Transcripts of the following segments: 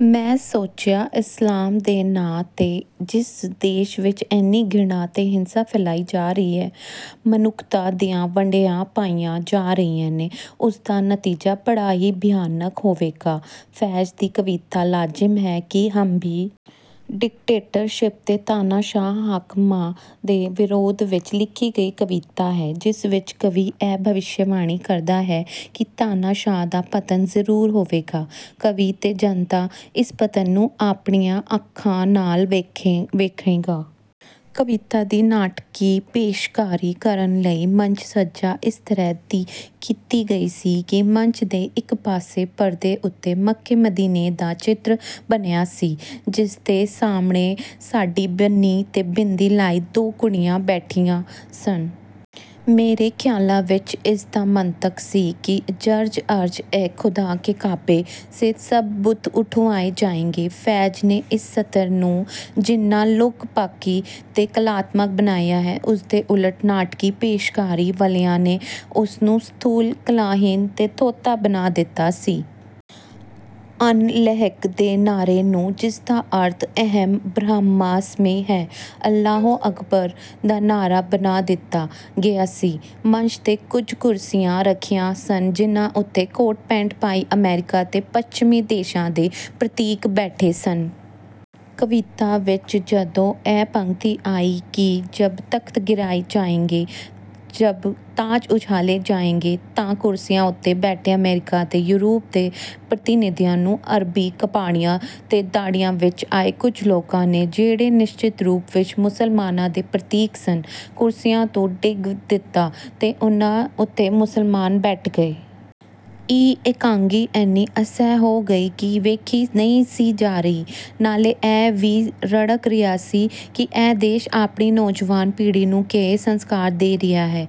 ਮੈਂ ਸੋਚਿਆ, ਇਸਲਾਮ ਦੇ ਨਾਂ ਤੇ ਜਿਸ ਦੇਸ਼ ਵਿੱਚ ਏਨੀ ਘਿਰਣਾ ਤੇ ਹਿੰਸਾ ਫੈਲਾਈ ਜਾ ਰਹੀ ਹੈ, 'ਮਨੁੱਖਤਾ' ਦੀਆਂ ਵੰਡੀਆਂ ਪਾਈਆਂ ਜਾ ਰਹੀਆਂ ਨੇ, ਉਸਦਾ ਨਤੀਜਾ ਬੜਾ ਹੀ ਭਿਆਨਕ ਹੋਵੇਗਾ। 'ਫ਼ੈਜ਼' ਦੀ ਕਵਿਤਾ 'ਲਾਜ਼ਿਮ ਹੈ ਕਿ ਹਮ ਭੀ...' ਡਿਕਟੇਟਰਸ਼ਿਪ ਤੇ ਤਾਨਾਸ਼ਾਹ ਹਾਕਮਾਂ ਦੇ ਵਿਰੋਧ ਵਿੱਚ ਲਿਖੀ ਗਈ ਕਵਿਤਾ ਹੈ, ਜਿਸ ਵਿੱਚ ਕਵੀ ਇਹ ਭਵਿੱਖਬਾਣੀ ਕਰਦਾ ਹੈ ਕਿ ਤਾਨਾਸ਼ਾਹੀ ਦਾ ਪਤਨ ਜ਼ਰੂਰ ਹੋਵੇਗਾ। ਕਵੀ ਤੇ ਜਨਤਾ ਇਸ ਪਤਨ ਨੂੰ ਆਪਣੀਆਂ ਅੱਖਾਂ ਨਾਲ ਦੇਖਣਗੇ। ਕਵਿਤਾ ਦੀ ਨਾਟਕੀ ਪੇਸ਼ਕਾਰੀ ਕਰਨ ਲਈ ਮੰਚ-ਸੱਜਾ ਇਸ ਤਰ੍ਹਾਂ ਦੀ ਕੀਤੀ ਗਈ ਸੀ ਕਿ ਮੰਚ ਦੇ ਇੱਕ ਪਾਸੇ ਪਰਦੇ ਉੱਤੇ ਮੱਕੇ-ਮਦੀਨੇ ਦਾ ਚਿੱਤਰ ਬਣਿਆ ਸੀ, ਜਿਸਦੇ ਸਾਹਮਣੇ ਸਾੜ੍ਹੀ ਬੰਨ੍ਹੀ ਤੇ ਬਿੰਦੀ ਲਾਈ ਦੋ ਕੁੜੀਆਂ ਬੈਠੀਆਂ ਸਨ। ਮੇਰੇ ਖ਼ਿਆਲਾ ਵਿੱਚ ਇਸ ਦਾ ਮੰਤਕ ਸੀ ਕਿ 'ਜਬ ਅਰਜ਼-ਏ-ਖ਼ੁਦਾ ਕੇ ਕਾਬੇ ਸੇ ਸਬ ਬੁਤ ਉਠਵਾਏ ਜਾਏਂਗੇ।' ਫ਼ੈਜ਼ ਨੇ ਇਸ ਸਤਰ ਨੂੰ ਜਿੰਨਾ ਲੋਕ-ਪੱਖੀ ਤੇ ਕਲਾਤਮਕ ਬਣਾਇਆ ਹੈ, ਉਸਦੇ ਉਲਟ ਨਾਟਕੀ ਪੇਸ਼ਕਾਰੀ ਵਾਲਿਆਂ ਨੇ ਉਸਨੂੰ ਸਥੂਲ, ਕਲਾਹੀਣ ਤੇ ਥੋਥਾ ਬਣਾ ਦਿੱਤਾ ਸੀ। 'ਅਨਲਹਕ' ਦੇ ਨਾਅਰੇ ਨੂੰ, ਜਿਸਦਾ ਅਰਥ 'ਅਹਮ ਬ੍ਰਹਮਾਸਮੀ' ਹੈ, 'ਅੱਲਾਹੋ ਅਕਬਰ' ਦਾ ਨਾਅਰਾ ਬਣਾ ਦਿੱਤਾ ਗਿਆ ਸੀ। ਮੰਚ 'ਤੇ ਕੁਝ ਕੁਰਸੀਆਂ ਰੱਖੀਆਂ ਸਨ, ਜਿਨ੍ਹਾਂ ਉੱਤੇ ਕੋਟ-ਪੈਂਟ ਪਾਈ ਅਮਰੀਕਾ ਤੇ ਪੱਛਮੀ ਦੇਸ਼ਾਂ ਦੇ ਪ੍ਰਤੀਕ ਬੈਠੇ ਸਨ। ਕਵਿਤਾ ਵਿੱਚ ਜਦੋਂ ਇਹ ਪੰਗਤੀ ਆਈ ਕਿ 'ਜਬ ਤਖ਼ਤ ਗਿਰਾਏ ਜਾਏਂਗੇ, ਜਬ ਤਾਜ ਉਛਾਲੇ ਜਾਏਂਗੇ', ਤਾਂ ਕੁਰਸੀਆਂ ਉੱਤੇ ਬੈਠੇ ਅਮਰੀਕਾ ਤੇ ਯੂਰਪ ਦੇ ਪ੍ਰਤੀਨਿਧੀਆਂ ਨੂੰ ਅਰਬੀ ਕੱਪੜਿਆਂ ਤੇ ਦਾੜ੍ਹੀਆਂ ਵਿੱਚ ਆਏ ਕੁਝ ਲੋਕਾਂ ਨੇ, ਜਿਹੜੇ ਨਿਸ਼ਚਿਤ ਰੂਪ ਵਿੱਚ ਮੁਸਲਮਾਨਾਂ ਦੇ ਪ੍ਰਤੀਕ ਸਨ, ਕੁਰਸੀਆਂ ਤੋਂ ਡੇਗ ਦਿੱਤਾ ਤੇ ਉਹਨਾਂ ਉੱਤੇ ਮੁਸਲਮਾਨ ਬੈਠ ਗਏ। ਇਹ ਇਕਾਂਗੀ ਏਨੀ ਅਸਹਿ ਹੋ ਗਈ ਕਿ ਦੇਖੀ ਨਹੀਂ ਸੀ ਜਾ ਰਹੀ। ਨਾਲੇ ਇਹ ਵੀ ਰੜਕ ਰਿਹਾ ਸੀ ਕਿ ਇਹ ਦੇਸ਼ ਆਪਣੀ ਨੌਜਵਾਨ ਪੀੜ੍ਹੀ ਨੂੰ ਕੇਹੇ ਸੰਸਕਾਰ ਦੇ ਰਿਹਾ ਹੈ?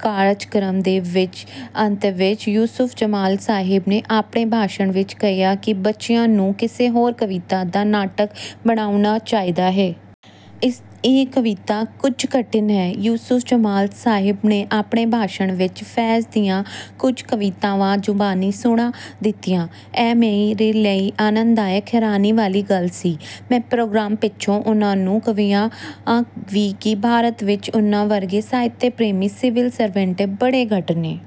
ਕਾਰਜਕ੍ਰਮ ਦੇ ਅੰਤ ਵਿੱਚ ਯੂਸੁਫ ਜਮਾਲ ਸਾਹਿਬ ਨੇ ਆਪਣੇ ਭਾਸ਼ਣ ਵਿੱਚ ਕਿਹਾ ਕਿ ਬੱਚਿਆਂ ਨੂੰ ਕਿਸੇ ਹੋਰ ਕਵਿਤਾ ਦਾ ਨਾਟਕ ਬਣਾਉਣਾ ਕਰਨਾ ਚਾਹੀਦਾ ਹੈ। ਇਹ ਕਵਿਤਾ ਕੁਝ ਕਠਿਨ ਹੈ। ਯੂਸੁਫ ਜਮਾਲ ਸਾਹਿਬ ਨੇ ਆਪਣੇ ਭਾਸ਼ਣ ਵਿੱਚ ਫ਼ੈਜ਼ ਦੀਆਂ ਕੁਝ ਕਵਿਤਾਵਾਂ ਜ਼ੁਬਾਨੀ ਸੁਣਾ ਦਿੱਤੀਆਂ। ਇਹ ਮੇਰੇ ਲਈ ਆਨੰਦਦਾਇਕ ਹੈਰਾਨੀ ਵਾਲੀ ਗੱਲ ਸੀ। ਮੈਂ ਪ੍ਰੋਗਰਾਮ ਪਿੱਛੋਂ ਉਹਨਾਂ ਨੂੰ ਕਿਹਾ ਵੀ ਕਿ ਭਾਰਤ ਵਿੱਚ ਉਹਨਾਂ ਵਰਗੇ ਸਾਹਿਤ-ਪ੍ਰੇਮੀ ਸਿਵਲ ਸਰਵੈਂਟ ਬੜੇ ਘੱਟ ਨੇ।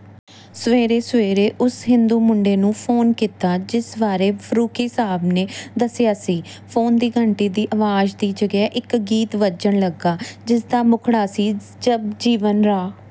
ਸਵੇਰੇ-ਸਵੇਰੇ ਉਸ ਹਿੰਦੂ ਮੁੰਡੇ ਨੂੰ ਫੋਨ ਕੀਤਾ, ਜਿਸ ਬਾਰੇ ਫ਼ਰਰੁਖ਼ੀ ਸਾਹਿਬ ਨੇ ਦੱਸਿਆ ਸੀ। ਫੋਨ ਦੀ ਘੰਟੀ ਦੀ ਆਵਾਜ਼ ਦੀ ਜਗ੍ਹਾ ਇੱਕ ਗੀਤ ਵੱਜਣ ਲੱਗਿਆ, ਜਿਸਦਾ ਮੁਖੜਾ ਸੀ, 'ਜਬ ਜੀਵਨ ਰਾਹ...'